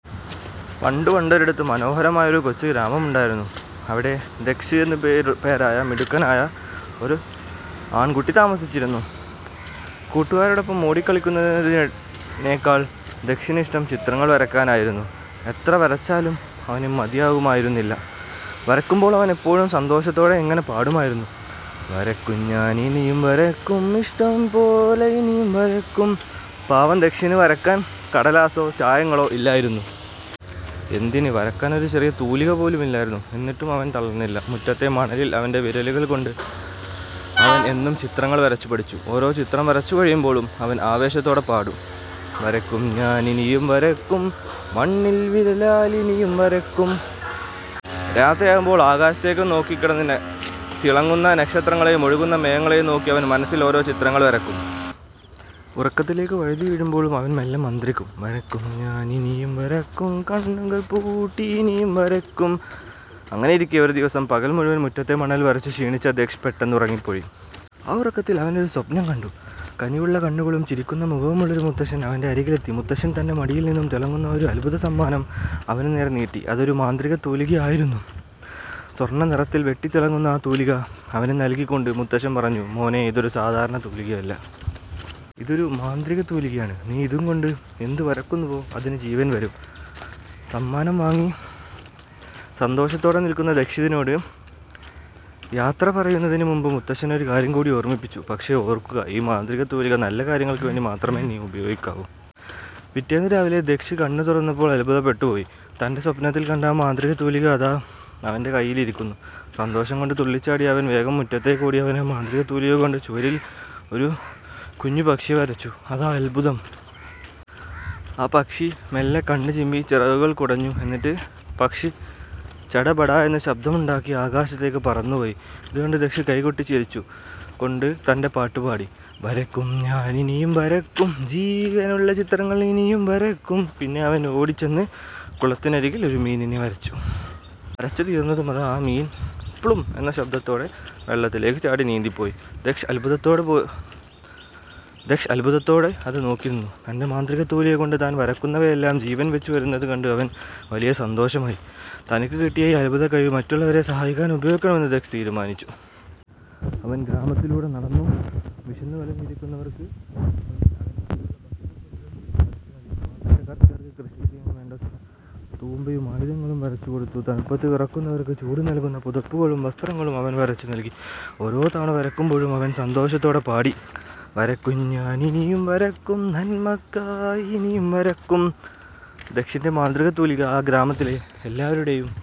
പണ്ട് പണ്ടൊരിടത്ത്, മനോഹരമായ ഒരു കൊച്ചു ഗ്രാമമുണ്ടായിരുന്നു. അവിടെ ദക്ഷ് എന്ന് പേരായ മിടുക്കനായ ഒരു ആൺകുട്ടി താമസിച്ചിരുന്നു. കൂട്ടുകാരോടൊപ്പം ഓടിക്കളിക്കുന്നതിനേക്കാൾ ദക്ഷിന് ഇഷ്ടം ചിത്രങ്ങൾ വരയ്ക്കാനായിരുന്നു. എത്ര വരച്ചാലും അവന് മതിയാകുമായിരുന്നില്ല. വരയ്ക്കുമ്പോൾ അവൻ എപ്പോഴും സന്തോഷത്തോടെ ഇങ്ങനെ പാടുമായിരുന്നു: "വരയ്ക്കും ഞാൻ ഇനിയും വരയ്ക്കും, ഇഷ്ടം പോലെ ഇനിയും വരയ്ക്കും" പാവം ദക്ഷിന് വരയ്ക്കാൻ കടലാസോ ചായങ്ങളോ ഇല്ലായിരുന്നു. എന്തിന്, വരക്കാൻ ഒരു ചെറിയ തൂലിക പോലുമില്ലായിരുന്നു! എന്നിട്ടും അവൻ തളർന്നില്ല. മുറ്റത്തെ മണലിൽ അവന്റെ വിരലുകൾ കൊണ്ട് അവൻ എന്നും ചിത്രങ്ങൾ വരച്ചു പഠിച്ചു. ഓരോ ചിത്രം വരച്ചു കഴിയുമ്പോഴും അവൻ ആവേശത്തോടെ പാടും: "വരയ്ക്കും ഞാൻ ഇനിയും വരയ്ക്കും, മണ്ണിൽ വിരലാൽ ഇനിയും വരയ്ക്കും! " രാത്രിയാകുമ്പോൾ ആകാശത്തേക്ക് നോക്കിക്കിടന്ന് തിളങ്ങുന്ന നക്ഷത്രങ്ങളെയും ഒഴുകുന്ന മേഘങ്ങളെയും നോക്കി അവൻ മനസ്സിൽ ഓരോ ചിത്രങ്ങൾ വരയ്ക്കും. ഉറക്കത്തിലേക്ക് വഴുതി വീഴുമ്പോഴും അവൻ മെല്ലെ മന്ത്രിക്കും: "വരയ്ക്കും ഞാൻ ഇനിയും വരയ്ക്കും, കണ്ണുകൾ പൂട്ടി ഇനിയും വരയ്ക്കും! " അങ്ങനെയിരിക്കെ ഒരു ദിവസം, പകൽ മുഴുവൻ മുറ്റത്തെ മണലിൽ വരച്ചു ക്ഷീണിച്ച ദക്ഷ് പെട്ടെന്ന് ഉറങ്ങിപ്പോയി. ആ ഉറക്കത്തിൽ അവനൊരു സ്വപ്നം കണ്ടു. കനിവുള്ള കണ്ണുകളും ചിരിക്കുന്ന മുഖവുമുള്ള ഒരു മുത്തശ്ശൻ അവന്റെ അരികിലെത്തി. മുത്തശ്ശൻ തന്റെ മടിയിൽ നിന്ന് തിളങ്ങുന്ന ഒരു അത്ഭുത സമ്മാനം അവനു നേരെ നീട്ടി. അതൊരു മാന്ത്രികത്തൂലിക ആയിരുന്നു. സ്വർണനിറത്തിൽ വെട്ടിത്തിളങ്ങുന്ന ആ തൂലിക അവന് നൽകിക്കൊണ്ട് മുത്തശ്ശൻ പറഞ്ഞു: "മോനേ, ഇതൊരു സാധാരണ തൂലികയല്ല. ഇതൊരു മാന്ത്രികത്തൂലികയാണ്. നീ ഇതുകൊണ്ട് എന്ത് വരയ്ക്കുന്നുവോ, അതിന് ജീവൻ വരും! " സമ്മാനം വാങ്ങി സന്തോഷത്തോടെ നിൽക്കുന്ന ദക്ഷിനോട് യാത്ര പറയുന്നതിന് മുൻപ് മുത്തശ്ശൻ ഒരു കാര്യം കൂടി ഓർമ്മിപ്പിച്ചു: "പക്ഷേ ഓർക്കുക, ഈ മാന്ത്രികത്തൂലിക നല്ല കാര്യങ്ങൾക്ക് വേണ്ടി മാത്രമേ നീ ഉപയോഗിക്കാവൂ! " പിറ്റേന്ന് രാവിലെ ദക്ഷ് കണ്ണ് തുറന്നപ്പോൾ അത്ഭുതപ്പെട്ടു പോയി! തന്റെ സ്വപ്നത്തിൽ കണ്ട ആ മാന്ത്രികത്തൂലിക അതാ അവന്റെ കയ്യിൽ ഇരിക്കുന്നു! സന്തോഷം കൊണ്ട് തുള്ളിച്ചാടിയ അവൻ വേഗം മുറ്റത്തേക്കോടി. അവൻ ആ മാന്ത്രികത്തൂലിക കൊണ്ട് ചുവരിൽ ഒരു കുഞ്ഞു പക്ഷിയെ വരച്ചു. അതാ അത്ഭുതം! ആ പക്ഷി മെല്ലെ കണ്ണ് ചിമ്മി, ചിറകുകൾ കുടഞ്ഞു. എന്നിട്ട് പക്ഷി 'ചടപടാ' എന്ന് ശബ്ദമുണ്ടാക്കി ആകാശത്തേക്ക് പറന്നുപോയി! ഇതുകണ്ട് ദക്ഷ് കൈകൊട്ടി ചിരിച്ചു കൊണ്ട് തന്റെ പാട്ട് പാടി: "വരയ്ക്കും ഞാൻ ഇനിയും വരയ്ക്കും ജീവനുള്ള ചിത്രങ്ങൾ ഇനിയും വരയ്ക്കും! " പിന്നെ അവൻ ഓടിച്ചെന്ന് കുളത്തിനരികിൽ ഒരു മീനിനെ വരച്ചു. വരച്ചു തീർന്നതും അതാ ആ മീൻ 'പ്ളും' എന്ന് ശബ്ദത്തോടെ വെള്ളത്തിലേക്ക് ചാടി നീന്തി പോയി. ദക്ഷ് അത്ഭുതത്തോടെ അത് നോക്കി നിന്നു. തന്റെ മാന്ത്രികത്തൂലിക കൊണ്ട് താൻ വരയ്ക്കുന്നവയെല്ലാം ജീവൻ വച്ച് വരുന്നത് കണ്ട് അവന് വലിയ സന്തോഷമായി. തനിക്ക് കിട്ടിയ ഈ അത്ഭുത കഴിവ് മറ്റുള്ളവരെ സഹായിക്കാൻ ഉപയോഗിക്കണമെന്ന് ദക്ഷ് തീരുമാനിച്ചു. അവൻ ഗ്രാമത്തിലൂടെ നടന്നു. വിശന്നു വലഞ്ഞിരിക്കുന്നവർക്ക് മുന്നിൽ അവൻ രുചിയുള്ള ഭക്ഷണപ്പൊതികൾ വരച്ചു നൽകി. പാവപ്പെട്ട കർഷകർക്ക് കൃഷി ചെയ്യാൻ വേണ്ട തൂമ്പയും ആയുധങ്ങളും വരച്ചു കൊടുത്തു. തണുപ്പത്ത് വിറയ്ക്കുന്നവർക്ക് ചൂടു നൽകുന്ന പുതപ്പുകളും വസ്ത്രങ്ങളും അവൻ വരച്ചു നൽകി. ഓരോ തവണ വരയ്ക്കുമ്പോഴും അവൻ സന്തോഷത്തോടെ പാടി: "വരയ്ക്കും ഞാൻ ഇനിയും വരയ്ക്കും, നന്മയ്ക്കായി ഇനിയും വരയ്ക്കും! " ദക്ഷിന്റെ മാന്ത്രികത്തൂലിക ആ ഗ്രാമത്തിലെ എല്ലാവരുടെയും